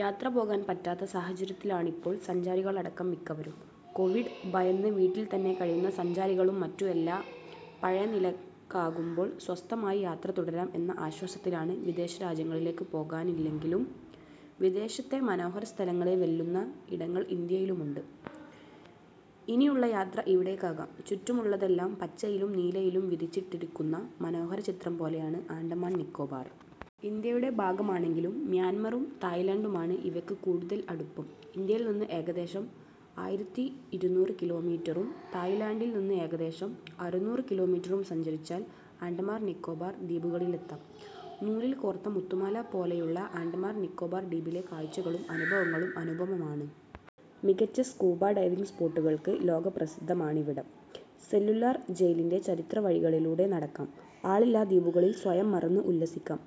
യാത്ര പോകാൻ പറ്റാത്ത സാഹചര്യത്തിലാണിപ്പോൾ സഞ്ചാരികളടക്കം മിക്കവരും. കോവിഡ് ഭയന്ന് വീട്ടിൽത്തന്നെ കഴിയുന്ന സഞ്ചാരികളും മറ്റും എല്ലാം പഴയനിലയിലാകുമ്പോൾ സ്വസ്ഥമായി യാത്ര തുടരാം എന്ന ആശ്വാസത്തിലാണ്. വിദേശരാജ്യങ്ങളിലേക്ക് പോകാനായില്ലെങ്കിലും വിദേശത്തെ മനോഹര സ്ഥലങ്ങളെ വെല്ലുന്ന ഇടങ്ങൾ ഇന്ത്യയിലുമുണ്ട്. ഇനിയുള്ള യാത്ര ഇവിടേക്കാകാം. ചുറ്റുമുള്ളതെല്ലാം പച്ചയിലും നീലയിലും വരച്ചിട്ടിരിക്കുന്ന മനോഹര ചിത്രം പോലെയാണ് ആൻഡമാൻ നിക്കോബാർ. ഇന്ത്യയുടെ ഭാഗമാണെങ്കിലും മ്യാൻമറും തായ്‌ലൻഡുമായാണ് ഇവയ്ക്ക് കൂടുതൽ അടുപ്പം. ഇന്ത്യയിൽ നിന്ന് ഏകദേശം ആയിരത്തി ഇരുന്നൂറ് കിലോമീറ്ററും തായ്‌ലൻഡിൽ നിന്ന് ഏകദേശം അറുനൂറ് കിലോമീറ്ററും സഞ്ചരിച്ചാൽ ആൻഡമാൻ നിക്കോബാർ ദ്വീപുകളിൽ എത്താം. നൂലിൽ കോർത്ത മുത്തുമാല പോലെയുള്ള ആൻഡമാൻ നിക്കോബാർ ദ്വീപിലെ കാഴ്ചകളും അനുഭവങ്ങളും അനുപമമാണ്. മികച്ച സ്കൂബ ഡൈവിങ് സ്പോട്ടുകൾക്ക് ലോകപ്രസിദ്ധമാണിവിടം. സെല്ലുലാർ ജയിലിൻറെ ചരിത്രവഴികളിലൂടെ നടക്കാം. ആളില്ലാ ദ്വീപുകളിൽ സ്വയം മറന്ന് ഉല്ലസിക്കാം.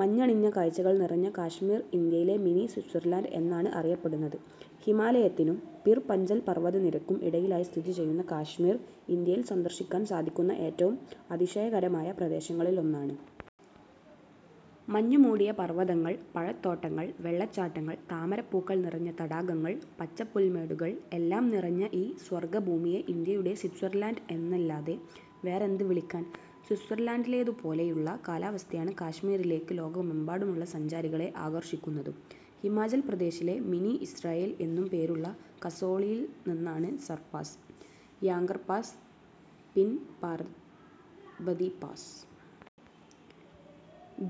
മഞ്ഞണിഞ്ഞ കാഴ്ചകൾ നിറഞ്ഞ കശ്മീർ ഇന്ത്യയിലെ മിനി സ്വിറ്റ്സർലൻഡ് എന്നാണ് അറിയപ്പെടുന്നത്. ഹിമാലയത്തിനും പിർ പഞ്ചൽ പർവതനിരയ്ക്കും ഇടയിലായി സ്ഥിതി ചെയ്യുന്ന കശ്മീർ ഇന്ത്യയിൽ സന്ദർശിക്കാൻ സാധിക്കുന്ന ഏറ്റവും അതിശയകരമായ പ്രദേശങ്ങളിലൊന്നാണ്. മഞ്ഞുമൂടിയ പർവതങ്ങൾ. പഴത്തോട്ടങ്ങൾ. വെള്ളച്ചാട്ടങ്ങൾ. താമരപ്പൂക്കൾ നിറഞ്ഞ തടാകങ്ങൾ. പച്ചപ്പുൽമേടുകൾ. എല്ലാം നിറഞ്ഞ ഈ സ്വർഗഭൂമിയെ ഇന്ത്യയുടെ സ്വിറ്റ്സർലൻഡ് എന്നല്ലാതെ വേറെന്ത് വിളിക്കാൻ. സ്വിറ്റ്സർലൻഡിലേതുപോലെയുള്ള കാലാവസ്ഥയാണ് കശ്മീരിലേക്ക് ലോകമെമ്പാടുമുള്ള സഞ്ചാരികളെ ആകർഷിക്കുന്നതും. ഹിമാചൽ പ്രദേശിലെ മിനി ഇസ്രയേൽ എന്നും പേരുള്ള കസോളിൽനിന്നാണ് സർപാസ്. യാങ്കർ പാസ്. പിൻപാർബതി പാസ്.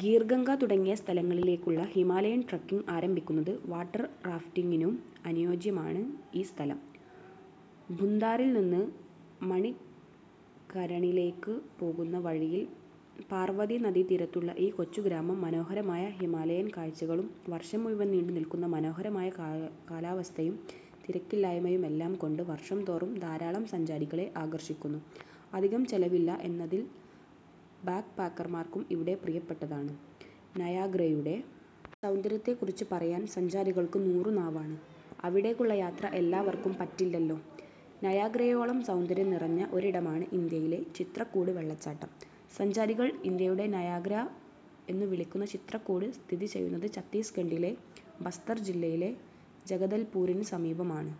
ഖീർഗംഗ തുടങ്ങിയ സ്ഥലങ്ങളിലേക്കുള്ള ഹിമാലയൻ ട്രെക്കിങ് ആരംഭിക്കുന്നത്. വാട്ടർ റാഫ്റ്റിങ്ങിനും അനുയോജ്യമാണ് ഈ സ്ഥലം. ഭുന്താറിൽനിന്ന് മണികരണിലേക്ക് പോകുന്ന വഴിയിൽ പാർവതി നദീതീരത്തുള്ള ഈ കൊച്ചുഗ്രാമം മനോഹരമായ ഹിമാലയക്കാഴ്ചകളും വർഷം മുഴുവൻ നീണ്ടുനിൽക്കുന്ന മനോഹരമായ കാലാവസ്ഥയും തിരക്കില്ലായ്മയുമെല്ലാം കൊണ്ട് വർഷംതോറും ധാരാളം സഞ്ചാരികളെ ആകർഷിക്കുന്നു. അധികം ചെലവില്ല എന്നതിനാൽ ബാക്ക്പാക്കർമാർക്കും ഇവിടം പ്രിയപ്പെട്ടതാണ്. നയാഗ്രയുടെ സൗന്ദര്യത്തെക്കുറിച്ച് പറയാൻ സഞ്ചാരികൾക്ക് നൂറുനാവാണ്. അവിടേക്കുള്ള യാത്ര എല്ലാവർക്കും പറ്റില്ലല്ലോ. നയാഗ്രയോളം സൗന്ദര്യം നിറഞ്ഞ ഒരിടമാണ് ഇന്ത്യയിലെ ചിത്രകൂട് വെള്ളച്ചാട്ടം. സഞ്ചാരികൾ ഇന്ത്യയുടെ നയാഗ്ര എന്നു വിളിക്കുന്ന ചിത്രകൂട് സ്ഥിതി ചെയ്യുന്നത് ഛത്തീസ്ഗഢിലെ ബസ്തർ ജില്ലയിലെ ജഗദൽപുരിന് സമീപമാണ്.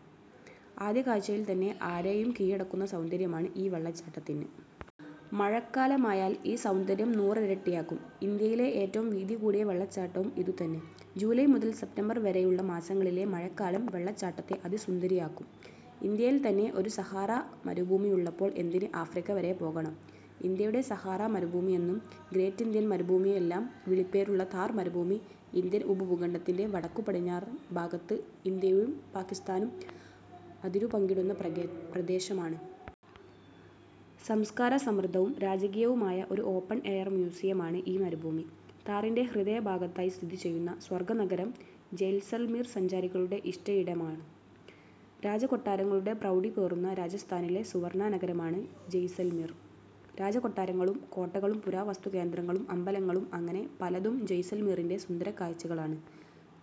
ആദ്യകാഴ്ചയിൽത്തന്നെ ആരെയും കീഴടക്കുന്ന സൗന്ദര്യമാണ് ഈ വെള്ളച്ചാട്ടത്തിന്. മഴക്കാലമായാൽ ഈ സൗന്ദര്യം നൂറിരട്ടിയാകും. ഇന്ത്യയിലെ ഏറ്റവും വീതികൂടിയ വെള്ളച്ചാട്ടവും ഇതുതന്നെ. ജൂലൈ മുതൽ സെപ്റ്റംബർ വരെയുള്ള മാസങ്ങളിലെ മഴക്കാലം വെള്ളച്ചാട്ടത്തെ അതിസുന്ദരിയാക്കും. ഇന്ത്യയിൽത്തന്നെ ഒരു സഹാറ മരുഭൂമിയുള്ളപ്പോൾ എന്തിന് ആഫ്രിക്ക വരെ പോകണം. ഇന്ത്യയുടെ സഹാറ മരുഭൂമിയെന്നും ഗ്രേറ്റ് ഇന്ത്യൻ മരുഭൂമിയെന്നുമെല്ലാം വിളിപ്പേരുള്ള താർ മരുഭൂമി ഇന്ത്യൻ ഉപഭൂഖണ്ഡത്തിൻറെ വടക്കുപടിഞ്ഞാറൻ ഭാഗത്ത് ഇന്ത്യയും പാക്കിസ്ഥാനും അതിരു പങ്കിടുന്ന പ്രദേശമാണ്. സംസ്കാരസമൃദ്ധവും രാജകീയവുമായ ഒരു ഓപ്പൺ എയർ മ്യൂസിയമാണ് ഈ മരുഭൂമി. താറിൻറെ ഹൃദയഭാഗത്തായി സ്ഥിതിചെയ്യുന്ന സ്വർഗനഗരം ജയ്‌സൽമീർ സഞ്ചാരികളുടെ ഇഷ്ടയിടമാണ്. രാജകൊട്ടാരങ്ങളുടെ പ്രൗഢി പേറുന്ന രാജസ്ഥാനിലെ സുവർണനഗരമാണ് ജയ്‌സൽമീർ. രാജകൊട്ടാരങ്ങളും കോട്ടകളും പുരാവസ്തുകേന്ദ്രങ്ങളും അമ്പലങ്ങളും അങ്ങനെ പലതും ജയ്‌സൽമീറിൻറെ സുന്ദരകാഴ്ചകളാണ്.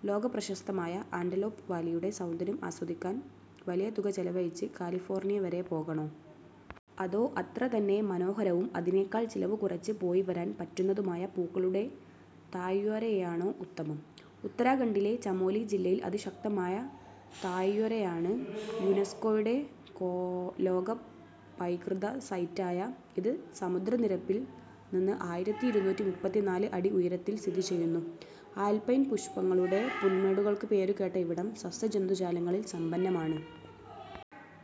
ലോകപ്രശസ്തമായ ആന്റലോപ് വാലിയുടെ സൗന്ദര്യം ആസ്വദിക്കാൻ വലിയ തുക ചെലവഴിച്ച് കാലിഫോർണിയ വരെ പോകണോ. അതോ അത്രതന്നെ മനോഹരവും അതിനേക്കാൾ ചെലവുകുറച്ച് പോയിവരാൻ പറ്റുന്നതുമായ പൂക്കളുടെ താഴ്വരയാണോ ഉത്തമം. ഉത്തരാഖണ്ഡിലെ ചമോലി ജില്ലയിലെ അതിശയകരമായ താഴ്വരയാണിത്. യുനെസ്കോയുടെ ലോക പൈതൃക സൈറ്റായ ഇത് സമുദ്രനിരപ്പിൽനിന്ന് ആറായിരത്തി ഇരുന്നൂറ്റി മുപ്പത്തിനാല് അടി ഉയരത്തിൽ സ്ഥിതി ചെയ്യുന്നു. ആൽപൈൻ പുഷ്പങ്ങളുടെ പുൽമേടുകൾക്ക് പേരുകേട്ട ഇവിടം സസ്യജന്തുജാലങ്ങളാൽ സമ്പന്നമാണ്.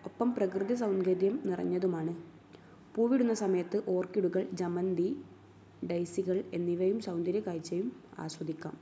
ഒപ്പം പ്രകൃതിസൗന്ദര്യം നിറഞ്ഞതുമാണ്. പൂവിടുന്ന സമയത്ത് ഓർക്കിഡുകൾ. ജമന്തി. ഡെയ്സികൾ എന്നിവയുടെ സുന്ദരകാഴ്ചയും ആസ്വദിക്കാം.